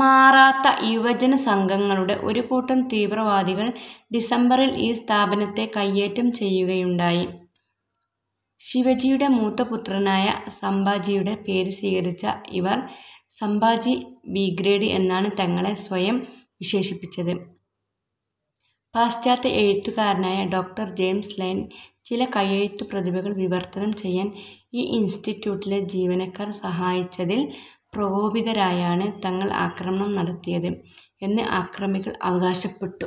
മറാത്ത യുവജന സംഘങ്ങളുടെ ഒരു കൂട്ടം തീവ്രവാദികൾ ഡിസംബറിൽ ഈ സ്ഥാപനത്തെ കൈയേറ്റം ചെയ്യുകയുണ്ടായി. ശിവജിയുടെ മൂത്തപുത്രനായ സംഭാജിയുടെ പേര് സ്വീകരിച്ച ഇവർ സംഭാജി ബിഗ്രെഡ് എന്നാണ് തങ്ങളെ സ്വയം വിശേഷിപ്പിച്ചത്. പാശ്ചാത്യ എഴുത്തുകാരനായ ഡോ. ജെയിംസ് ലയൻ ചില കൈയെഴുത്തുപ്രതികൾ വിവർത്തനം ചെയ്യാൻ ഈ ഇൻസ്റ്റിറ്റ്യൂട്ടിലെ ജീവനക്കാർ സഹായിച്ചതിൽ പ്രൊകോപിതരായാണ് തങ്ങൾ അക്രമണം നടത്തിയത് എന്ന് അക്രമികൾ അവകാശപ്പെട്ടു.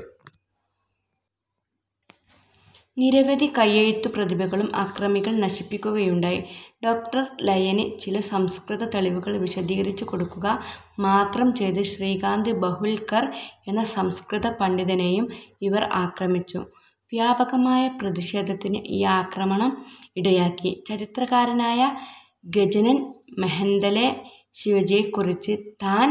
നിരവധി കൈയെഴുത്തുപ്രതിഭകളും അക്രമികൾ നശിപ്പിക്കുകയുണ്ടായി. ഡോ. ലയന് ചില സംസ്കൃത തെളിവുകൾ വിശദീകരിച്ചുകൊടുക്കുക മാത്രം ചെയ്ത ശ്രീകാന്ത് ബഹുൽകർ എന്ന സംസ്കൃത പണ്ഡിതനെയും ഇവർ ആക്രമിച്ചു. വ്യാപകമായ പ്രതിഷേധത്തിന് ഈ ആക്രമണം ഇടയാക്കി. ചരിത്രകാരനായ ഗജനൻ മെഹെന്തലെ ശിവജിയെക്കുറിച്ച് താൻ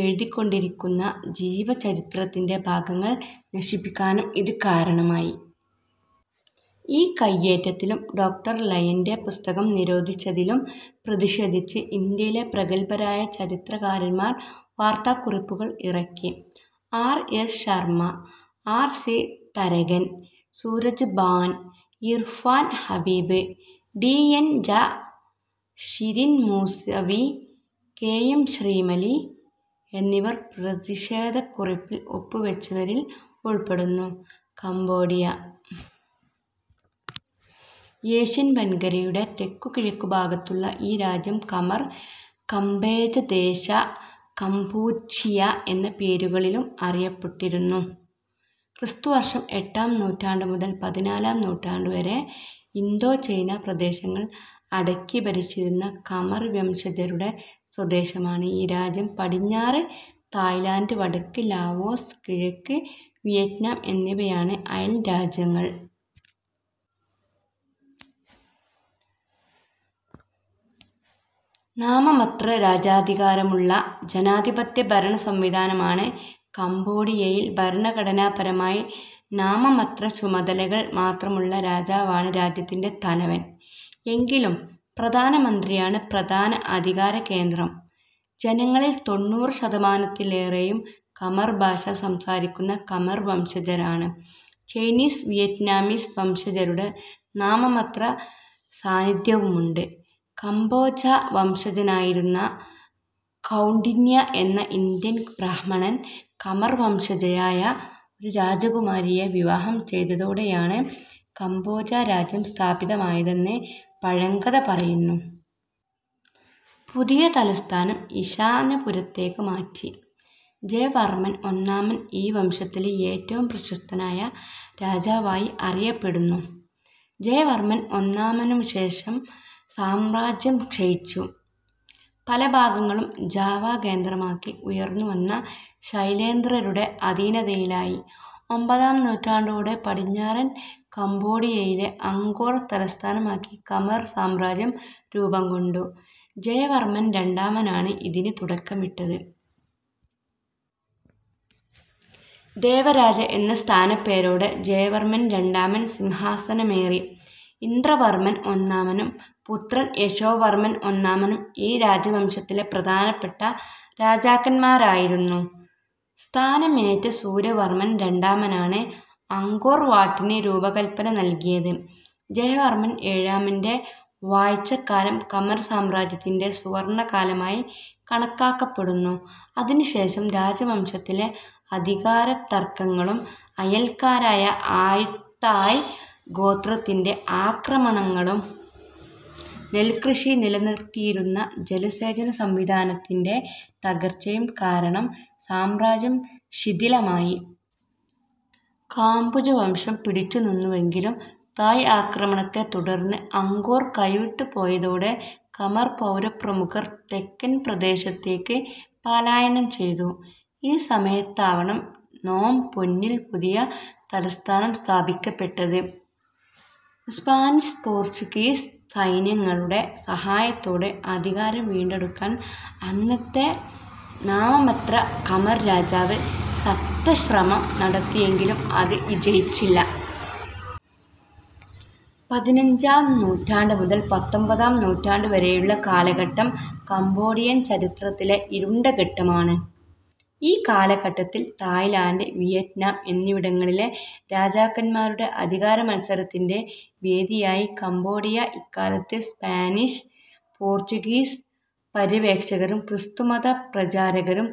എഴുതിക്കൊണ്ടിരിക്കുന്ന ജീവചരിത്രത്തിൻ്റെ ഭാഗങ്ങൾ നശിപ്പിക്കാനും ഇതു കാരണമായി. ഈ കൈയേറ്റത്തിലും ഡോ. ലയൻ്റെ പുസ്തകം നിരോധിച്ചതിലും പ്രതിഷേധിച്ച് ഇന്ത്യയിലെ പ്രഗത്ഭരായ ചരിത്രകാരന്മാർ വാർത്താക്കുറിപ്പുകൾ ഇറക്കി. R. S. Sharma, R. C. Tharakan, Suraj Bhan, Irfan Habib, D. N. Jha, Shireen Moosvi, K. M. Shrimali എന്നിവർ പ്രതിഷേധക്കുറിപ്പിൽ ഒപ്പുവെച്ചവരിൽ ഉൾപ്പെടുന്നു. കംബോഡിയ ഏഷ്യൻ വൻകരയുടെ തെക്കുകിഴക്കുഭാഗത്തുള്ള ഈ രാജ്യം ഖമർ, കംബേജദേശ, കംപൂച്ചിയ എന്നീ പേരുകളിലും അറിയപ്പെട്ടിരുന്നു. ക്രിസ്തുവർഷം എട്ടാം നൂറ്റാണ്ടുമുതൽ പതിനാലാം നൂറ്റാണ്ടുവരെ ഇന്തോ ചൈന പ്രദേശങ്ങൾ അടക്കിഭരിച്ചിരുന്ന ഖമർ വംശജരുടെ സ്വദേശമാണ് ഈ രാജ്യം. പടിഞ്ഞാറ് തായ്ലൻഡ്, വടക്ക് ലാവോസ്, കിഴക്ക് വിയറ്റ്നാം എന്നിവയാണ് അയൽരാജ്യങ്ങൾ. നാമമത്ര രാജാധികാരമുള്ള ജനാധിപത്യ ഭരണസംവിധാനമാണ് കംബോഡിയയിൽ. ഭരണഘടനാപരമായി നാമമത്ര ചുമതലകൾ മാത്രമുള്ള രാജാവാണ് രാജ്യത്തിൻ്റെ തലവൻ. എങ്കിലും പ്രധാനമന്ത്രിയാണ് പ്രധാന അധികാരകേന്ദ്രം. ജനങ്ങളിൽ തൊണ്ണൂറു ശതമാനത്തിലേറെയും ഖമർ ഭാഷ സംസാരിക്കുന്ന ഖമർ വംശജരാണ്. ചൈനീസ്, വിയറ്റ്നാമീസ് വംശജരുടെ നാമമത്ര സാന്നിധ്യവുമുണ്ട്. കംബോജ വംശജനായിരുന്ന കൗണ്ഡിന്യ എന്ന ഇന്ത്യൻ ബ്രാഹ്മണൻ ഖമർ വംശജയായ ഒരു രാജകുമാരിയെ വിവാഹം ചെയ്തതോടെയാണ് കംബോജ രാജ്യം സ്ഥാപിതമായതെന്ന് പഴങ്കഥ പറയുന്നു. പുതിയ തലസ്ഥാനം ഇശാനപുരത്തേക്ക് മാറ്റി. ജയവർമ്മൻ ഒന്നാമൻ ഈ വംശത്തിലെ ഏറ്റവും പ്രശസ്തനായ രാജാവായി അറിയപ്പെടുന്നു. ജയവർമ്മൻ ഒന്നാമനുശേഷം സാമ്രാജ്യം ക്ഷയിച്ചു. പല ഭാഗങ്ങളും ജാവ കേന്ദ്രമാക്കി ഉയർന്നുവന്ന ശൈലേന്ദ്രരുടെ അധീനതയിലായി. ഒമ്പതാം നൂറ്റാണ്ടോടെ പടിഞ്ഞാറൻ കംബോഡിയയിലെ അങ്കോർ തലസ്ഥാനമാക്കി ഖമർ സാമ്രാജ്യം രൂപംകൊണ്ടു. ജയവർമ്മൻ രണ്ടാമനാണ് ഇതിന് തുടക്കമിട്ടത്. ദേവരാജ എന്ന സ്ഥാനപ്പേരോടെ ജയവർമ്മൻ രണ്ടാമൻ സിംഹാസനമേറി. ഇന്ദ്രവർമ്മൻ ഒന്നാമനും പുത്രൻ യശോവർമ്മൻ ഒന്നാമനും ഈ രാജവംശത്തിലെ പ്രധാനപ്പെട്ട രാജാക്കന്മാരായിരുന്നു. സ്ഥാനമേറ്റ സൂര്യവർമ്മൻ രണ്ടാമനാണ് അങ്കോർ വാട്ടിന് രൂപകൽപ്പന നൽകിയത്. ജയവർമ്മൻ ഏഴാമൻ്റെ വാഴ്ചക്കാലം ഖമർ സാമ്രാജ്യത്തിൻ്റെ സുവർണകാലമായി കണക്കാക്കപ്പെടുന്നു. അതിനുശേഷം രാജവംശത്തിലെ അധികാരത്തർക്കങ്ങളും അയൽക്കാരായ ആയുത്തായ് ഗോത്രത്തിൻ്റെ ആക്രമണങ്ങളും നെൽകൃഷി നിലനിർത്തിയിരുന്ന ജലസേചന സംവിധാനത്തിൻ്റെ തകർച്ചയും കാരണം സാമ്രാജ്യം ശിഥിലമായി. കാംബുജവംശം പിടിച്ചുനിന്നുവെങ്കിലും തായ് ആക്രമണത്തെ തുടർന്ന് അങ്കോർ കൈവിട്ടുപോയതോടെ ഖമർ പൗരപ്രമുഖർ തെക്കൻ പ്രദേശത്തേക്ക് പലായനം ചെയ്തു. ഈ സമയത്താവണം നോം പെന്നിൽ പുതിയ തലസ്ഥാനം സ്ഥാപിക്കപ്പെട്ടത്. സ്പാനിഷ് പോർച്ചുഗീസ് സൈന്യങ്ങളുടെ സഹായത്തോടെ അധികാരം വീണ്ടെടുക്കാൻ അന്നത്തെ നാമമത്ര ഖമർരാജാവ് സത്ത ശ്രമം നടത്തിയെങ്കിലും അത് വിജയിച്ചില്ല. പതിനഞ്ചാം നൂറ്റാണ്ടുമുതൽ പത്തൊമ്പതാം നൂറ്റാണ്ടുവരെയുള്ള കാലഘട്ടം കംബോഡിയൻ ചരിത്രത്തിലെ ഇരുണ്ട ഘട്ടമാണ്. ഈ കാലഘട്ടത്തിൽ തായ്ലൻഡ്, വിയറ്റ്നാം എന്നിവിടങ്ങളിലെ രാജാക്കന്മാരുടെ അധികാരമത്സരത്തിൻ്റെ വേദിയായി കംബോഡിയ. ഇക്കാലത്ത് സ്പാനിഷ്, പോർച്ചുഗീസ് പര്യവേക്ഷകരും ക്രിസ്തുമത പ്രചാരകരും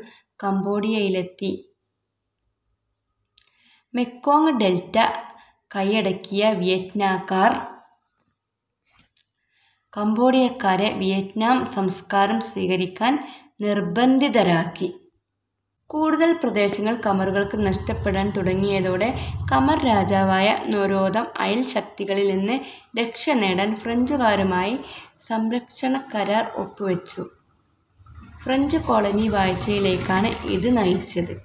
കംബോഡിയയിലെത്തി. മെക്കോങ് ഡെൽറ്റ കൈയടക്കിയ വിയറ്റ്നാകാർ കംബോഡിയക്കാരെ വിയറ്റ്നാം സംസ്കാരം സ്വീകരിക്കാൻ നിർബന്ധിതരാക്കി. കൂടുതൽ പ്രദേശങ്ങൾ ഖമറുകൾക്ക് നഷ്ടപ്പെടാൻ തുടങ്ങിയതോടെ ഖമർ രാജാവായ നൊരോദം അയൽശക്തികളിൽ നിന്ന് രക്ഷനേടാൻ ഫ്രഞ്ചുകാരുമായി സംരക്ഷണക്കരാർ ഒപ്പുവെച്ചു. ഫ്രഞ്ച് കോളനി വാഴ്ചയിലേക്കാണ് ഇത് നയിച്ചത്.